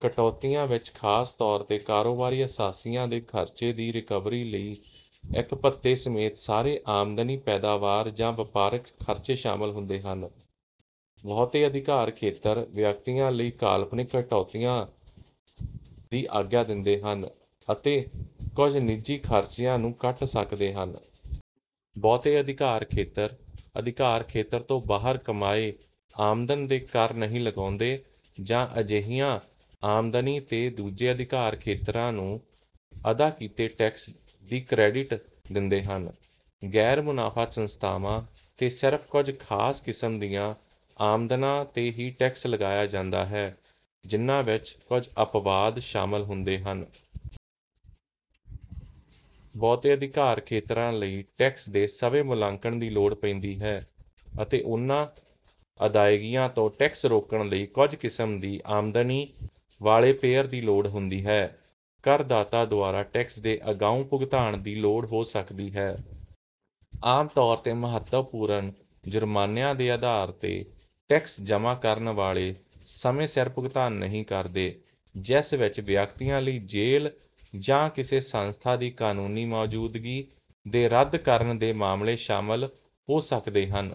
ਕਟੌਤੀਆਂ ਵਿੱਚ ਖਾਸ ਤੌਰ ਤੇ ਕਾਰੋਬਾਰੀ ਅਸਾਸਿਆਂ ਦੇ ਖਰਚੇ ਦੀ ਰਿਕਵਰੀ ਲਈ ਇੱਕ ਭੱਤੇ ਸਮੇਤ ਸਾਰੇ ਆਮਦਨੀ ਪੈਦਾਵਾਰ ਜਾਂ ਵਪਾਰਕ ਖਰਚੇ ਸ਼ਾਮਲ ਹੁੰਦੇ ਹਨ। ਬਹੁਤੇ ਅਧਿਕਾਰ ਖੇਤਰ ਵਿਅਕਤੀਆਂ ਲਈ ਕਾਲਪਨਿਕ ਕਟੌਤੀਆਂ ਦੀ ਆਗਿਆ ਦਿੰਦੇ ਹਨ, ਅਤੇ ਕੁਝ ਨਿੱਜੀ ਖਰਚਿਆਂ ਨੂੰ ਕੱਟ ਸਕਦੇ ਹਨ। ਬਹੁਤੇ ਅਧਿਕਾਰ ਖੇਤਰ ਅਧਿਕਾਰ ਖੇਤਰ ਤੋਂ ਬਾਹਰ ਕਮਾਏ ਆਮਦਨ ਤੇ ਕਰ ਨਹੀਂ ਲਗਾਉਂਦੇ ਜਾਂ ਅਜਿਹੀਆਂ ਆਮਦਨੀ ਤੇ ਦੂਜੇ ਅਧਿਕਾਰ ਖੇਤਰਾਂ ਨੂੰ ਅਦਾ ਕੀਤੇ ਟੈਕਸਾਂ ਦੀ ਕ੍ਰੈਡਿਟ ਦਿੰਦੇ ਹਨ। ਗੈਰ-ਮੁਨਾਫ਼ਾ ਸੰਸਥਾਵਾਂ ਤੇ ਸਿਰਫ਼ ਕੁਝ ਖਾਸ ਕਿਸਮ ਦੀਆਂ ਆਮਦਨਾਂ ਤੇ ਹੀ ਟੈਕਸ ਲਗਾਇਆ ਜਾਂਦਾ ਹੈ, ਜਿਨ੍ਹਾਂ ਵਿੱਚ ਕੁਝ ਅਪਵਾਦ ਸ਼ਾਮਲ ਹੁੰਦੇ ਹਨ। ਬਹੁਤੇ ਅਧਿਕਾਰ ਖੇਤਰਾਂ ਲਈ ਟੈਕਸ ਦੇ ਸਵੈ-ਮੁਲਾਂਕਣ ਦੀ ਲੋੜ ਪੈਂਦੀ ਹੈ ਅਤੇ ਉਹਨਾਂ ਅਦਾਇਗੀਆਂ ਤੋਂ ਟੈਕਸ ਰੋਕਣ ਲਈ ਕੁਝ ਕਿਸਮ ਦੀ ਆਮਦਨੀ ਵਾਲੇ ਪੇਅਰ ਦੀ ਲੋੜ ਹੁੰਦੀ ਹੈ। ਕਰਦਾਤਾ ਦੁਆਰਾ ਟੈਕਸ ਦੇ ਅਗਾਊਂ ਭੁਗਤਾਨ ਦੀ ਲੋੜ ਹੋ ਸਕਦੀ ਹੈ। ਆਮ ਤੌਰ 'ਤੇ ਮਹੱਤਵਪੂਰਨ ਜ਼ੁਰਮਾਨਿਆਂ ਦੇ ਅਧਾਰ ਤੇ ਟੈਕਸ ਜਮ੍ਹਾ ਕਰਨ ਵਾਲੇ ਸਮੇਂ ਸਿਰ ਭੁਗਤਾਨ ਨਹੀਂ ਕਰਦੇ, ਜਿਸ ਵਿੱਚ ਵਿਅਕਤੀਆਂ ਲਈ ਜੇਲ੍ਹ ਜਾਂ ਕਿਸੇ ਸੰਸਥਾ ਦੀ ਕਾਨੂੰਨੀ ਮੌਜੂਦਗੀ ਦੇ ਰੱਦ ਕਰਨ ਦੇ ਮਾਮਲੇ ਸ਼ਾਮਲ ਹੋ ਸਕਦੇ ਹਨ।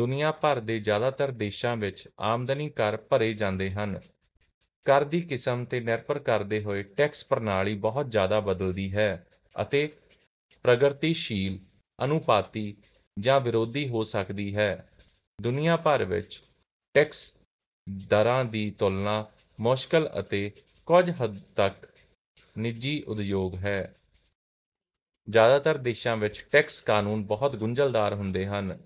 ਦੁਨੀਆਭਰ ਦੇ ਜ਼ਿਆਦਾਤਰ ਦੇਸ਼ਾਂ ਵਿੱਚ ਆਮਦਨ ਕਰ ਭਰੇ ਜਾਂਦੇ ਹਨ। ਕਰ ਦੀ ਕਿਸਮ ਤੇ ਨਿਰਭਰ ਕਰਦੇ ਹੋਏ, ਟੈਕਸ ਪ੍ਰਣਾਲੀ ਬਹੁਤ ਜ਼ਿਆਦਾ ਬਦਲਦੀ ਹੈ ਅਤੇ ਪ੍ਰਗਤੀਸ਼ੀਲ, ਅਨੁਪਾਤੀ, ਜਾਂ ਵਿਰੋਧੀ ਹੋ ਸਕਦੀ ਹੈ। ਦੁਨੀਆਭਰ ਵਿੱਚ ਟੈਕਸ ਦਰਾਂ ਦੀ ਤੁਲਨਾ ਇੱਕ ਮੁਸ਼ਕਲ ਅਤੇ ਕੁਝ ਹੱਦ ਤੱਕ ਨਿੱਜੀ ਉਦਯੋਗ ਹੈ। ਜ਼ਿਆਦਾਤਰ ਦੇਸ਼ਾਂ ਵਿੱਚ ਟੈਕਸ ਕਾਨੂੰਨ ਬਹੁਤ ਗੁੰਝਲਦਾਰ ਹੁੰਦੇ ਹਨ,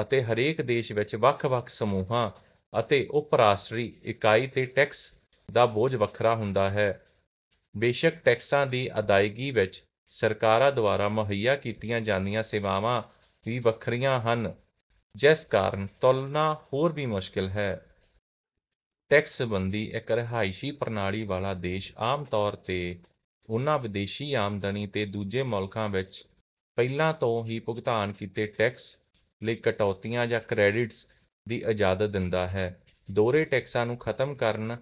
ਅਤੇ ਹਰੇਕ ਦੇਸ਼ ਵਿੱਚ ਵੱਖ-ਵੱਖ ਸਮੂਹਾਂ ਅਤੇ ਉੱਪ-ਰਾਸ਼ਟਰੀ ਇਕਾਈ ਤੇ ਟੈਕਸ ਦਾ ਬੋਝ ਵੱਖਰਾ ਹੁੰਦਾ ਹੈ। ਬੇਸ਼ੱਕ, ਟੈਕਸਾਂ ਦੀ ਅਦਾਇਗੀ ਵਿੱਚ ਸਰਕਾਰਾਂ ਦੁਆਰਾ ਮੁਹੱਈਆ ਕੀਤੀਆਂ ਜਾਂਦੀਆਂ ਸੇਵਾਵਾਂ ਵੀ ਵੱਖਰੀਆਂ ਹਨ, ਜਿਸ ਕਾਰਨ ਤੁਲਨਾ ਹੋਰ ਵੀ ਮੁਸ਼ਕਿਲ ਹੈ। ਟੈਕਸ ਸਬੰਧੀ ਇੱਕ ਰਿਹਾਇਸ਼ੀ ਪ੍ਰਣਾਲੀ ਵਾਲਾ ਦੇਸ਼ ਆਮ ਤੌਰ 'ਤੇ ਉਨ੍ਹਾਂ ਵਿਦੇਸ਼ੀ ਆਮਦਨੀ ਤੇ ਦੂਜੇ ਮੁਲਕਾਂ ਵਿੱਚ ਪਹਿਲਾਂ ਤੋਂ ਹੀ ਭੁਗਤਾਨ ਕੀਤੇ ਟੈਕਸ ਲਈ ਕਟੌਤੀਆਂ ਜਾਂ ਕ੍ਰੈਡਿਟਸ ਦੀ ਇਜਾਜ਼ਤ ਦਿੰਦਾ ਹੈ। ਦੋਹਰੇ ਟੈਕਸਾਂ ਨੂੰ ਖਤਮ ਕਰਨ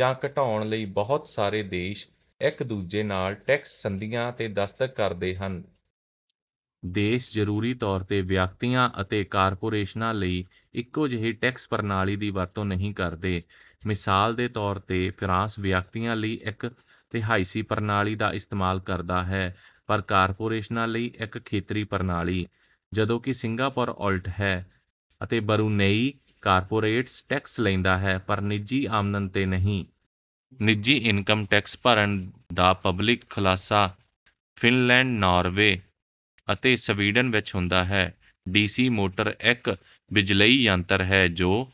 ਜਾਂ ਘਟਾਉਣ ਲਈ ਬਹੁਤ ਸਾਰੇ ਦੇਸ਼ ਇੱਕ ਦੂਜੇ ਨਾਲ ਟੈਕਸ ਸੰਧੀਆਂ ਤੇ ਦਸਤਖਤ ਕਰਦੇ ਹਨ। ਦੇਸ਼ ਜ਼ਰੂਰੀ ਤੌਰ 'ਤੇ ਵਿਅਕਤੀਆਂ ਅਤੇ ਕਾਰਪੋਰੇਸ਼ਨਾਂ ਲਈ ਇੱਕੋ ਜਿਹੀ ਟੈਕਸ ਪ੍ਰਣਾਲੀ ਦੀ ਵਰਤੋਂ ਨਹੀਂ ਕਰਦੇ। ਮਿਸਾਲ ਦੇ ਤੌਰ ਤੇ, ਫਰਾਂਸ ਵਿਅਕਤੀਆਂ ਲਈ ਇੱਕ ਰਿਹਾਇਸ਼ੀ ਪ੍ਰਣਾਲੀ ਦਾ ਇਸਤੇਮਾਲ ਕਰਦਾ ਹੈ ਪਰ ਕਾਰਪੋਰੇਸ਼ਨਾਂ ਲਈ ਇੱਕ ਖੇਤਰੀ ਪ੍ਰਣਾਲੀ, ਜਦੋਂ ਕਿ ਸਿੰਗਾਪੁਰ ਉਲਟ ਹੈ, ਅਤੇ ਬਰੂਨੇਈ ਕਾਰਪੋਰੇਟ ਟੈਕਸ ਲੈਂਦਾ ਹੈ ਪਰ ਨਿੱਜੀ ਆਮਦਨ ਤੇ ਨਹੀਂ। ਨਿੱਜੀ ਇਨਕਮ ਟੈਕਸ ਭਰਨ ਦਾ ਪਬਲਿਕ ਖੁਲਾਸਾ ਫਿਨਲੈਂਡ, ਨਾਰਵੇ ਅਤੇ ਸਵੀਡਨ ਵਿੱਚ ਹੁੰਦਾ ਹੈ। ਡੀ ਸੀ ਮੋਟਰ ਇੱਕ ਬਿਜਲਈ ਯੰਤਰ ਹੈ ਜੋ...